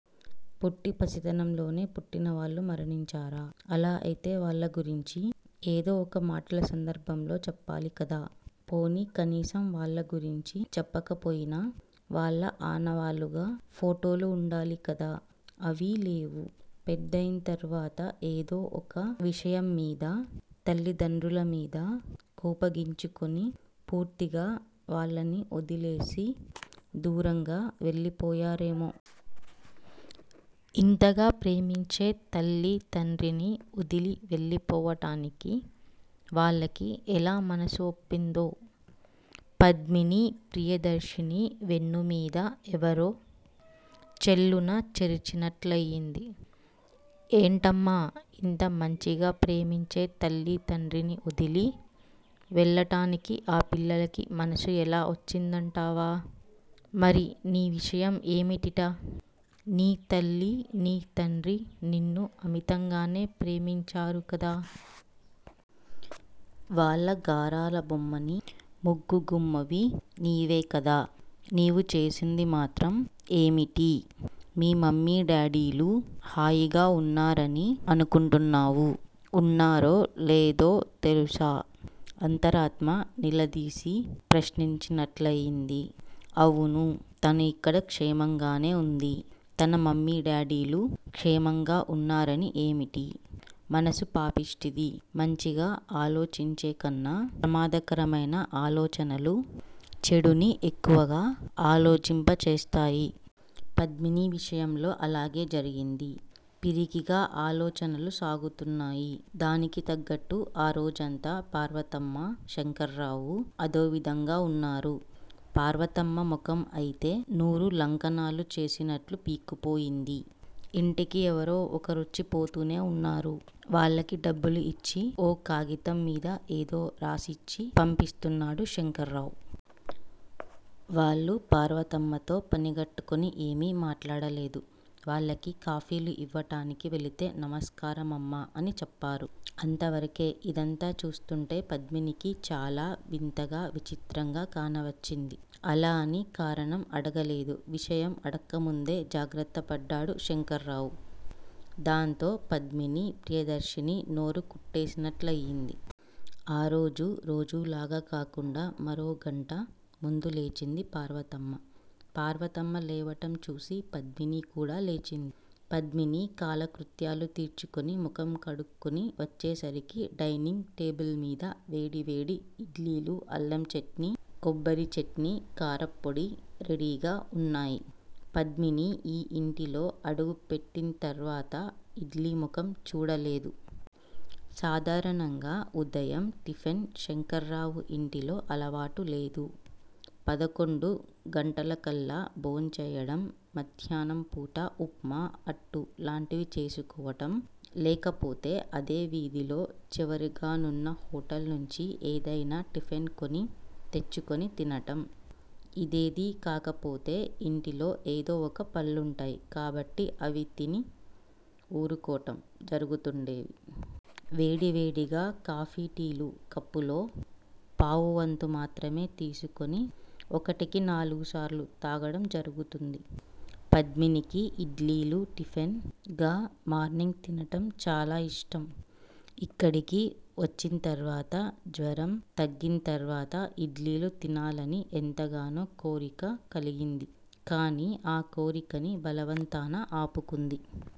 పుట్టి పసితనంలోనే పుట్టినవాళ్ళు మరణించారా! అలా అయితే వాళ్ళ గురించి ఏదో ఒక మాటల సందర్భంలో చెప్పాలికదా! పోనీ కనీసం వాళ్ళ గురించి చెప్పకపోయినా వాళ్ళ ఆనవాళ్ళుగా ఫోటోలు వుండాలికదా! అవీలేవు. పెద్దయిం తరువాత ఏదో ఒక విషయం మీద తల్లిదండ్రులమీద కోపగించుకుని పూర్తిగా వాళ్ళని వదిలేసి దూరంగా వెళ్ళిపోయారేమో? ఇంతగా ప్రేమించే తల్లితండ్రిని వదలి వెళ్ళిపోవటానికి వాళ్ళకి ఎలా మనసు వప్పిందో? పద్మిని ప్రియదర్శిని వెన్నుమీద యెవరో చెళ్ళున చరిచినట్లయింది. ఏంటమ్మా! ఇంత మంచిగా ప్రేమించే తల్లి తండ్రిని వదిలి వెళ్ళటానికి ఆ పిల్లలకి మనసు యెలా వచ్చిందంటావా? మరి నీ విషయం ఏమిటిట? నీ తల్లి నీ తండ్రి నిన్ను అమితంగానే ప్రేమించారుకదా! వాళ్ళ గారాల బొమ్మని ముగ్గు గుమ్మవి నీవేకదా! నీవు చేసింది మాత్రం ఏమిటి? మీ మమ్మీ డాడీలు హాయిగా వున్నారని అనుకుంటున్నావు? వున్నారో లేదో తెలుసా? అంతరాత్మ నిలదీసి ప్రశ్నించినట్లయింది. అవును! తను ఇక్కడ క్షేమంగానే వుంది. తన మమ్మీ_డాడీలు క్షేమంగా వున్నారని ఏమిటి? మనసు పాపిష్టిది మంచిగా ఆలోచించేకన్నా ప్రమాదకరమైన ఆలోచనలు చెడుని ఎక్కువగా ఆలోచింపజేస్తాయి. పద్మిని విషయంలో అలాగే జరిగింది. పిరికిగా ఆలోచనలు సాగుతున్నాయి. దానికి తగ్గట్టు ఆరోజంతా పార్వతమ్మ శంకర్రావు అదోవిధంగా వున్నారు. పార్వతమ్మ ముఖం అయితే నూరు లంకణాలు చేసినట్లు పీక్కుపోయివుంది. యింటికి ఎవరో ఒకరువచ్చిపోతూనే వున్నారు. వాళ్ళకి డబ్బులు యిచ్చి ఓ కాగితంమీద ఏదో రాసిఇచ్చి పంపిస్తున్నాడు శంకర్రావు. వాళ్ళు పార్వతమ్మతో పనిగట్టుకుని ఏమీ మాట్లాడలేదు. వాళ్ళకి కాఫీలు యివ్వటానికి వెళితే నమస్కారమమ్మా! అని చెప్పారు అంతవరకే. ఇదంతా చూస్తుంటే పద్మినికి చాలా వింతగా విచిత్రంగా కానవచ్చింది. అలా అని కారణం అడగలేదు. విషయం అడక్కముందే జాగ్రత్తపడ్డాడు శంకరరావు. దాంతో __ పద్మిని ప్రియదర్శిని నోరు కుట్టేసినట్లయింది. ఆ రోజు_ రోజూలాగ కాకుండా మరో గంట ముందులేచింది పార్వతమ్మ. పార్వతమ్మ లేవటంచూసి పద్మిని కూడా లేచింది. పద్మిని కాలకృత్యాలు తీర్చుకుని ముఖం కడుక్కుని వచ్చేసరికి డైనింగ్ టేబుల్ మీద వేడి వేడి ఇడ్లీలు అల్లం చట్నీ కొబ్బరిచట్నీ కారప్పొడి రెడీగా వున్నాయి. పద్మిని ఈ ఇంటిలో అడుగు పెట్టింతర్వాత ఇడ్లీ ముఖం చూడలేదు. సాధారణంగా ఉదయం టిఫిన్ శంకర్రావు ఇంటిలో అలవాటులేదు. పదకొండు గంటలకల్లా భోంచేయటం మధ్యాహ్నంపూట ఉప్మా, అట్టు లాంటివి చేసుకోటం లేకపోతే అదే వీధిలో చివరగానున్న హోటల్ నుంచి ఏదయినా టిఫిన్ కొని తెచ్చుకొని తినటం. ఇదేదీ కాకపోతే ఇంటిలో ఏదో ఒక పళ్ళుంటాయి కాబట్టి అవి తిని ఊరుకోటం జరుగుతుండేది. వేడి వేడిగా కాఫీ, టీ లు కప్పులో పావువంతు మాత్రమే తీసుకొని ఒకటికి నాలుగుసార్లు తాగడం జరుగుతుంది. పద్మినికి ఇడ్లీలు టిఫిన్ గా మార్నింగ్ తినటం చాలా యిష్టం. ఇక్కడికి వచ్చింతర్వాత, జ్వరం తగ్గింతర్వాత ఇడ్లీలు తినాలని ఎంతగానో కోరిక కలిగింది కాని ఆ కోరికని బలవంతాన ఆపుకుంది.